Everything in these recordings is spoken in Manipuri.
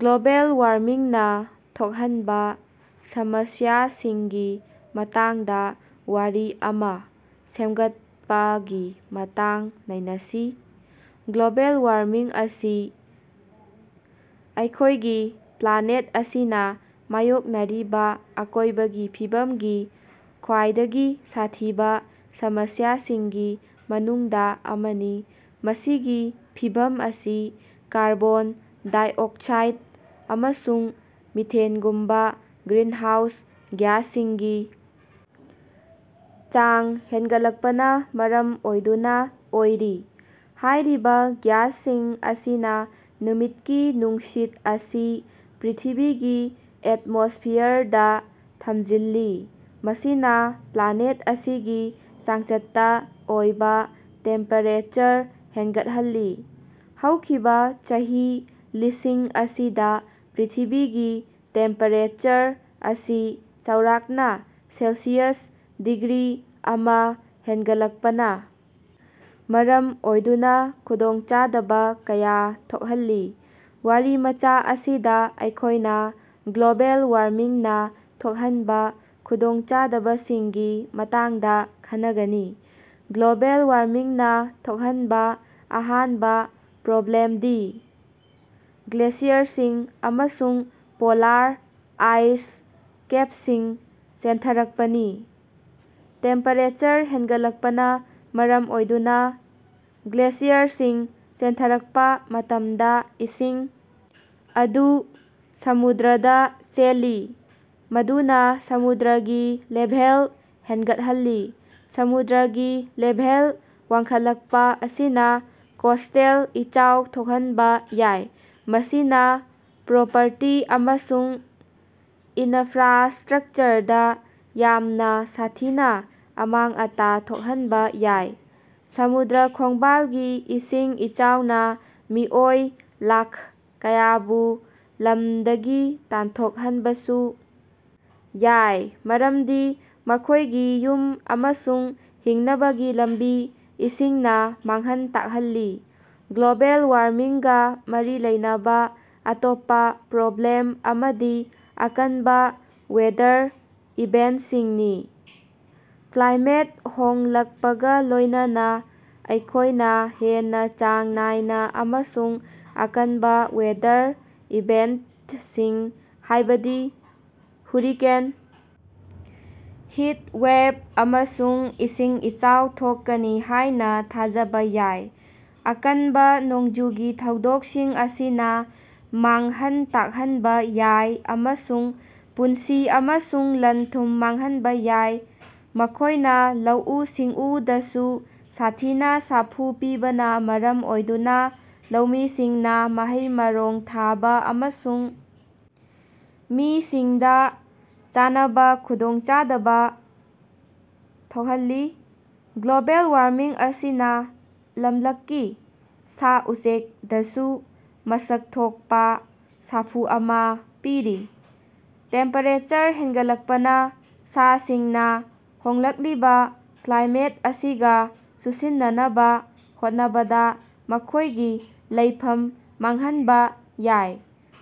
ꯒ꯭ꯂꯣꯕꯦꯜ ꯋꯥꯔꯃꯤꯡꯅꯥ ꯊꯣꯛꯍꯟꯕꯥ ꯁꯃꯁ꯭ꯌꯥꯁꯤꯡꯒꯤ ꯃꯇꯥꯡꯗꯥ ꯋꯥꯔꯤ ꯑꯃꯥ ꯁꯦꯝꯒꯠꯄꯥꯒꯤ ꯃꯇꯥꯡ ꯅꯩꯅꯁꯤ꯫ ꯒ꯭ꯂꯣꯕꯦꯜ ꯋꯥꯔꯃꯤꯡ ꯑꯁꯤ ꯑꯩꯈꯣꯏꯒꯤ ꯄ꯭ꯂꯥꯅꯦꯠ ꯑꯁꯤꯅꯥ ꯃꯥꯌꯣꯛꯅꯔꯤꯕꯥ ꯑꯀꯣꯏꯕꯒꯤ ꯐꯤꯕꯝꯒꯤ ꯈ꯭ꯋꯥꯏꯗꯒꯤ ꯁꯥꯊꯤꯕꯥ ꯁꯃꯁ꯭ꯌꯥꯁꯤꯡꯒꯤ ꯃꯅꯨꯡꯗꯥ ꯑꯃꯅꯤ꯫ ꯃꯁꯤꯒꯤ ꯐꯤꯚꯝ ꯑꯁꯤ ꯀꯥꯔꯕꯣꯟ ꯗꯥꯏꯑꯣꯛꯁꯥꯏꯗ ꯑꯃꯁꯨꯡ ꯃꯤꯊꯦꯟꯒꯨꯝꯕꯥ ꯒ꯭ꯔꯤꯟꯍꯥꯎꯁ ꯒ꯭ꯌꯥꯁꯁꯤꯡꯒꯤ ꯆꯥꯡ ꯍꯦꯟꯒꯠꯂꯛꯄꯅꯥ ꯃꯔꯝ ꯑꯣꯏꯗꯨꯅꯥ ꯑꯣꯏꯔꯤ꯫ ꯍꯥꯏꯔꯤꯕꯥ ꯒ꯭ꯌꯥꯁꯁꯤꯡ ꯑꯁꯤꯅꯥ ꯅꯨꯃꯤꯠꯀꯤ ꯅꯨꯡꯁꯤꯠ ꯑꯁꯤ ꯄ꯭ꯔꯤꯊꯤꯕꯤꯒꯤ ꯑꯦꯠꯃꯣꯁꯐꯤꯌꯔꯗꯥ ꯊꯝꯖꯤꯜꯂꯤ, ꯃꯁꯤꯅꯥ ꯄ꯭ꯂꯥꯅꯦꯠ ꯑꯁꯤꯒꯤ ꯆꯥꯡꯆꯠꯇꯥ ꯑꯣꯏꯕꯥ ꯇꯦꯝꯄꯦꯔꯦꯆꯔ ꯍꯦꯟꯒꯠꯍꯜꯂꯤ꯫ ꯍꯧꯈꯤꯕꯥ ꯆꯍꯤ ꯂꯤꯁꯤꯡ ꯑꯁꯤꯗꯥ ꯄ꯭ꯔꯤꯊꯤꯕꯤꯒꯤ ꯇꯦꯝꯄꯦꯔꯦꯆꯔ ꯑꯁꯤ ꯆꯥꯎꯔꯥꯛꯅꯥ ꯁꯦꯜꯁꯤꯌꯁ ꯗꯤꯒ꯭ꯔꯤ ꯑꯃꯥ ꯍꯦꯟꯒꯠꯂꯛꯄꯅꯥ ꯃꯔꯝ ꯑꯣꯏꯗꯨꯅꯥ ꯈꯨꯗꯣꯡꯆꯥꯗꯕꯥ ꯀꯌꯥ ꯊꯣꯛꯍꯜꯂꯤ꯫ ꯋꯥꯔꯤꯃꯆꯥ ꯑꯁꯤꯗꯥ ꯑꯩꯈꯣꯏꯅꯥ ꯒ꯭ꯂꯣꯕꯦꯜ ꯋꯥꯔꯃꯤꯡꯅꯥ ꯊꯣꯛꯍꯟꯕꯥ ꯈꯨꯗꯣꯡꯆꯥꯗꯕꯁꯤꯡꯒꯤ ꯃꯇꯥꯡꯗꯥ ꯈꯟꯅꯒꯅꯤ꯫ ꯒ꯭ꯂꯣꯕꯦꯜ ꯋꯥꯔꯃꯤꯡꯅꯥ ꯊꯣꯛꯍꯟꯕꯥ ꯑꯍꯥꯟꯕꯥ ꯄ꯭ꯔꯣꯕ꯭ꯂꯦꯝꯗꯤ ꯒ꯭ꯂꯦꯁꯤꯌꯔꯁꯤꯡ ꯑꯃꯁꯨꯡ ꯄꯣꯂꯥꯔ ꯑꯥꯏꯁ ꯀꯦꯞꯁꯤꯡ ꯆꯦꯟꯊꯔꯛꯄꯅꯤ꯫ ꯇꯦꯝꯄꯦꯔꯦꯆꯔ ꯍꯦꯟꯒꯠꯂꯛꯄꯅꯥ ꯃꯔꯝ ꯑꯣꯏꯗꯨꯅꯥ ꯒ꯭ꯂꯦꯁꯤꯌꯔꯁꯤꯡ ꯆꯦꯟꯊꯔꯛꯄꯥ ꯃꯇꯝꯗꯥ ꯏꯁꯤꯡ ꯑꯗꯨ ꯁꯃꯨꯗ꯭ꯔꯗꯥ ꯆꯦꯜꯂꯤ, ꯃꯗꯨꯅꯥ ꯁꯃꯨꯗ꯭ꯔꯒꯤ ꯂꯦꯚꯦꯜ ꯍꯦꯟꯒꯠꯍꯜꯂꯤ꯫ ꯁꯃꯨꯗ꯭ꯔꯒꯤ ꯂꯦꯚꯦꯜ ꯋꯥꯡꯈꯠꯂꯛꯄꯥ ꯑꯁꯤꯅꯥ ꯀꯣꯁꯇꯦꯜ ꯏꯆꯥꯎ ꯊꯣꯛꯍꯟꯕꯥ ꯌꯥꯏ, ꯃꯁꯤꯅꯥ ꯄ꯭ꯔꯣꯄꯔꯇꯤ ꯑꯃꯁꯨꯡ ꯏꯅꯐ꯭ꯔꯥꯁꯇ꯭ꯔꯛꯆꯔꯗꯥ ꯌꯥꯝꯅꯥ ꯁꯥꯊꯤꯅꯥ ꯑꯃꯥꯡ-ꯑꯇꯥ ꯊꯣꯛꯍꯟꯕꯥ ꯌꯥꯏ꯫ ꯁꯃꯨꯗ꯭ꯔ ꯈꯣꯡꯕꯥꯜꯒꯤ ꯏꯁꯤꯡ ꯏꯆꯥꯎꯅꯥ ꯃꯤꯑꯣꯏ ꯂꯥꯈ ꯀꯌꯥꯕꯨ ꯂꯝꯗꯒꯤ ꯇꯥꯟꯊꯣꯛꯍꯟꯕꯁꯨ ꯌꯥꯏ, ꯃꯔꯝꯗꯤ ꯃꯈꯣꯏꯒꯤ ꯌꯨꯝ ꯑꯃꯁꯨꯡ ꯍꯤꯡꯅꯕꯒꯤ ꯂꯝꯕꯤ ꯏꯁꯤꯡꯅꯥ ꯃꯥꯡꯍꯟ ꯇꯥꯛꯍꯜꯂꯤ꯫ ꯒ꯭ꯂꯣꯕꯦꯜ ꯋꯥꯔꯃꯤꯡꯒꯥ ꯃꯔꯤ ꯂꯩꯅꯕꯥ ꯑꯇꯣꯞꯄꯥ ꯄ꯭ꯔꯣꯕ꯭ꯂꯦꯝ ꯑꯃꯗꯤ ꯑꯀꯟꯕꯥ ꯋꯦꯗꯔ ꯏꯚꯦꯟꯁꯤꯡꯅꯤ꯫ ꯀ꯭ꯂꯥꯏꯃꯦꯠ ꯍꯣꯡꯂꯛꯄꯒꯥ ꯂꯣꯏꯅꯅꯥ ꯑꯩꯈꯣꯏꯅꯥ ꯍꯦꯟꯅꯥ ꯆꯥꯡ ꯅꯥꯏꯅꯥ ꯑꯃꯁꯨꯡ ꯑꯀꯟꯕꯥ ꯋꯦꯗꯔ ꯏꯚꯦꯟꯇꯁꯤꯡ ꯍꯥꯏꯕꯗꯤ ꯍꯨꯔꯤꯀꯦꯟ, ꯍꯤꯠ ꯋꯦꯚ ꯑꯃꯁꯨꯡ ꯏꯁꯤꯡ ꯏꯆꯥꯎ ꯊꯣꯛꯀꯅꯤ ꯍꯥꯏꯅꯥ ꯊꯥꯖꯕꯥ ꯌꯥꯏ꯫ ꯑꯀꯟꯕꯥ ꯅꯣꯡꯖꯨꯒꯤ ꯊꯧꯗꯣꯛꯁꯤꯡ ꯑꯁꯤꯅꯥ ꯃꯥꯡꯍꯟ ꯇꯥꯛꯍꯟꯕꯥ ꯌꯥꯏ ꯑꯃꯁꯨꯡ ꯄꯨꯟꯁꯤ ꯑꯃꯁꯨꯡ ꯂꯟ-ꯊꯨꯝ ꯃꯥꯡꯍꯟꯕꯥ ꯌꯥꯏ꯫ ꯃꯈꯣꯏꯅꯥ ꯂꯧꯎ-ꯁꯤꯡꯎꯗꯁꯨ ꯁꯥꯊꯤꯅꯥ ꯁꯥꯐꯨ ꯄꯤꯕꯅꯥ ꯃꯔꯝ ꯑꯣꯏꯗꯨꯅꯥ ꯂꯧꯃꯤꯁꯤꯡꯅꯥ ꯃꯍꯩ-ꯃꯔꯣꯡ ꯊꯥꯕꯥ ꯑꯃꯁꯨꯡ ꯃꯤꯁꯤꯡꯗꯥ ꯆꯥꯅꯕꯥ ꯈꯨꯗꯣꯡꯆꯥꯗꯕꯥ ꯊꯣꯛꯍꯜꯂꯤ꯫ ꯒ꯭ꯂꯣꯕꯦꯜ ꯋꯥꯔꯃꯤꯡ ꯑꯁꯤꯅꯥ ꯂꯝꯂꯛꯀꯤ ꯁꯥ-ꯎꯆꯦꯛꯗꯁꯨ ꯃꯁꯛ ꯊꯣꯛꯄꯥ ꯁꯥꯐꯨ ꯑꯃꯥ ꯄꯤꯔꯤ꯫ ꯇꯦꯝꯄꯦꯔꯦꯆꯔ ꯍꯦꯟꯒꯠꯂꯛꯄꯅꯥ ꯁꯥꯁꯤꯡꯅꯥ ꯍꯣꯡꯂꯛꯂꯤꯕꯥ ꯀ꯭ꯂꯥꯏꯃꯦꯠ ꯑꯁꯤꯒꯥ ꯆꯨꯁꯤꯟꯅꯅꯕꯥ ꯍꯣꯠꯅꯕꯗꯥ ꯃꯈꯣꯏꯒꯤ ꯂꯩꯐꯝ ꯃꯥꯡꯍꯟꯕꯥ ꯌꯥꯏ꯫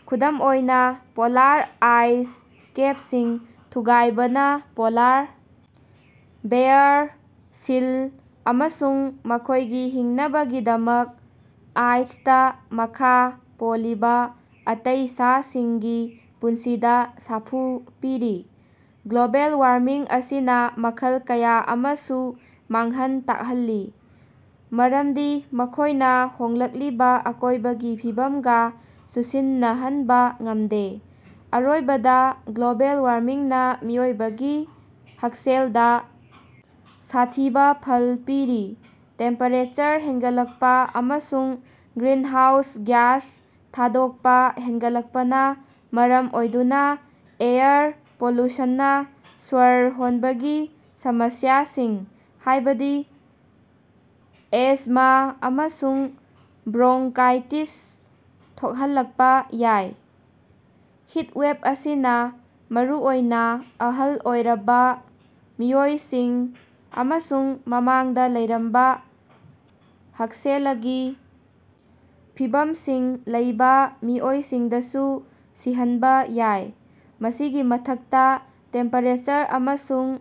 ꯈꯨꯗꯝ ꯑꯣꯏꯅꯥ, ꯄꯣꯂꯥꯔ ꯑꯥꯏꯁ ꯀꯦꯞꯁꯤꯡ ꯊꯨꯒꯥꯏꯕꯅꯥ ꯄꯣꯂꯥꯔ ꯕꯦꯌꯥꯔ, ꯁꯤꯜ ꯑꯃꯁꯨꯡ ꯃꯈꯣꯏꯒꯤ ꯍꯤꯡꯅꯕꯒꯤꯗꯃꯛ ꯑꯥꯏꯁꯇꯥ ꯃꯈꯥ ꯄꯣꯜꯂꯤꯕꯥ ꯑꯇꯩ ꯁꯥꯁꯤꯡꯒꯤ ꯄꯨꯟꯁꯤꯗꯥ ꯁꯥꯐꯨ ꯄꯤꯔꯤ꯫ ꯒ꯭ꯂꯣꯕꯦꯜ ꯋꯥꯔꯃꯤꯡ ꯑꯁꯤꯅꯥ ꯃꯈꯜ ꯀꯌꯥ ꯑꯃꯁꯨ ꯃꯥꯡꯍꯟ ꯇꯥꯛꯍꯜꯂꯤ, ꯃꯔꯝꯗꯤ ꯃꯈꯣꯏꯅꯥ ꯍꯣꯡꯂꯛꯂꯤꯕꯥ ꯑꯀꯣꯏꯕꯒꯤ ꯐꯤꯕꯝꯒꯥ ꯆꯨꯁꯤꯟꯅꯍꯟꯕꯥ ꯉꯝꯗꯦ꯫ ꯑꯔꯣꯏꯕꯗꯥ, ꯒ꯭ꯂꯣꯕꯦꯜ ꯋꯥꯔꯃꯤꯡꯅꯥ ꯃꯤꯑꯣꯏꯕꯒꯤ ꯍꯛꯁꯦꯜꯗꯥ ꯁꯥꯊꯤꯕꯥ ꯐꯜ ꯄꯤꯔꯤ꯫ ꯇꯦꯝꯄꯦꯔꯦꯆꯔ ꯍꯦꯟꯒꯠꯂꯛꯄꯥ ꯑꯃꯁꯨꯡ ꯒ꯭ꯔꯤꯟꯍꯥꯎꯁ ꯒ꯭ꯌꯥꯁ ꯊꯥꯗꯣꯛꯄꯥ ꯍꯦꯟꯒꯠꯂꯛꯄꯅꯥ ꯃꯔꯝ ꯑꯣꯏꯗꯨꯅꯥ ꯑꯦꯌꯔ ꯄꯣꯂꯨꯁꯟꯅꯥ ꯁ꯭ꯋꯔ ꯍꯣꯟꯕꯒꯤ ꯁꯃꯁ꯭ꯌꯥꯁꯤꯡ ꯍꯥꯏꯕꯗꯤ ꯑꯦꯖꯃꯥ ꯑꯃꯁꯨꯡ ꯕ꯭ꯔꯣꯡꯀꯥꯏꯇꯤꯁ ꯊꯣꯛꯍꯜꯂꯛꯄꯥ ꯌꯥꯏ꯫ ꯍꯤꯠꯋꯦꯚ ꯑꯁꯤꯅꯥ ꯃꯔꯨꯑꯣꯏꯅꯥ ꯑꯍꯜ ꯑꯣꯏꯔꯕꯥ ꯃꯤꯑꯣꯏꯁꯤꯡ ꯑꯃꯁꯨꯡ ꯃꯃꯥꯡꯗꯥ ꯂꯩꯔꯝꯕꯥ ꯍꯛꯁꯦꯂꯒꯤ ꯐꯤꯚꯝꯁꯤꯡ ꯂꯩꯕꯥ ꯃꯤꯑꯣꯏꯁꯤꯡꯗꯁꯨ ꯁꯤꯍꯟꯕꯥ ꯌꯥꯏ꯫ ꯃꯁꯤꯒꯤ ꯃꯊꯛꯇꯥ, ꯇꯦꯝꯄꯦꯔꯦꯆꯔ ꯑꯃꯁꯨꯡ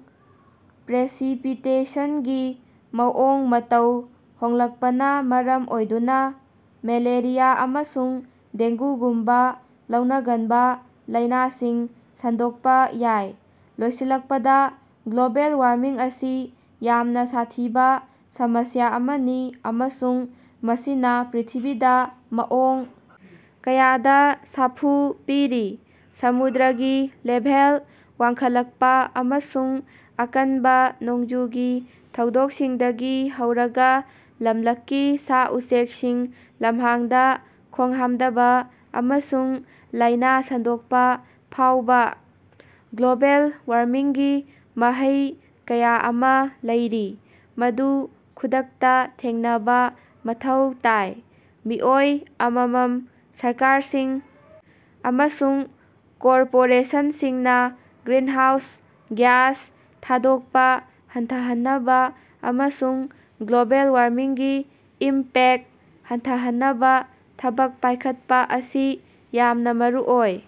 ꯄ꯭ꯔꯦꯁꯤꯄꯤꯇꯦꯁꯟꯒꯤ ꯃꯑꯣꯡ-ꯃꯇꯧ ꯍꯣꯡꯂꯛꯄꯅꯥ ꯃꯔꯝ ꯑꯣꯏꯗꯨꯅꯥ ꯃꯦꯂꯦꯔꯤꯌꯥ ꯑꯃꯁꯨꯡ ꯗꯦꯡꯒꯨꯒꯨꯝꯕꯥ ꯂꯧꯅꯒꯟꯕꯥ ꯂꯥꯏꯅꯥꯁꯤꯡ ꯁꯟꯗꯣꯛꯄꯥ ꯌꯥꯏ꯫ ꯂꯣꯏꯁꯤꯜꯂꯛꯄꯗꯥ, ꯒ꯭ꯂꯣꯕꯦꯜ ꯋꯥꯔꯃꯤꯡ ꯑꯁꯤ ꯌꯥꯝꯅꯥ ꯁꯥꯊꯤꯕꯥ ꯁꯃꯁ꯭ꯌꯥ ꯑꯃꯅꯤ ꯑꯃꯁꯨꯡ ꯃꯁꯤꯅꯥ ꯄ꯭ꯔꯤꯊꯤꯕꯤꯗꯥ ꯃꯑꯣꯡ ꯀꯌꯥꯗꯥ ꯁꯥꯐꯨ ꯄꯤꯔꯤ꯫ ꯁꯃꯨꯗ꯭ꯔꯒꯤ ꯂꯦꯚꯦꯜ ꯋꯥꯡꯈꯠꯂꯛꯄꯥ ꯑꯃꯁꯨꯡ ꯑꯀꯟꯕꯥ ꯅꯣꯡꯖꯨꯒꯤ ꯊꯧꯗꯣꯛꯁꯤꯡꯗꯒꯤ ꯍꯧꯔꯒꯥ ꯂꯝꯂꯛꯀꯤ ꯁꯥ-ꯎꯆꯦꯛꯁꯤꯡ ꯂꯝꯍꯥꯡꯗꯥ ꯈꯣꯡꯍꯥꯝꯗꯕꯥ ꯑꯃꯁꯨꯡ ꯂꯥꯏꯅꯥ ꯁꯟꯗꯣꯛꯄꯥ ꯐꯥꯎꯕꯥ, ꯒ꯭ꯂꯣꯕꯦꯜ ꯋꯥꯔꯃꯤꯡꯒꯤ ꯃꯍꯩ ꯀꯌꯥ ꯑꯃꯥ ꯂꯩꯔꯤ, ꯃꯗꯨ ꯈꯨꯗꯛꯇꯥ ꯊꯦꯡꯅꯕꯥ ꯃꯊꯧ ꯇꯥꯏ꯫ ꯃꯤꯑꯣꯏ ꯑꯃꯃꯝ, ꯁꯔꯀꯥꯔꯁꯤꯡ ꯑꯃꯁꯨꯡ ꯀꯣꯔꯄꯣꯔꯦꯁꯟꯁꯤꯡꯅꯥ ꯒ꯭ꯔꯤꯟꯍꯥꯎꯁ ꯒ꯭ꯌꯥꯁ ꯊꯥꯗꯣꯛꯄꯥ ꯍꯟꯊꯍꯟꯅꯕꯥ ꯑꯃꯁꯨꯡ ꯒ꯭ꯂꯣꯕꯦꯜ ꯋꯥꯔꯃꯤꯡꯒꯤ ꯏꯝꯄꯦꯛ ꯍꯟꯊꯍꯟꯅꯕꯥ ꯊꯕꯛ ꯄꯥꯏꯈꯠꯄꯥ ꯑꯁꯤ ꯌꯥꯝꯅꯥ ꯃꯔꯨꯑꯣꯏ꯫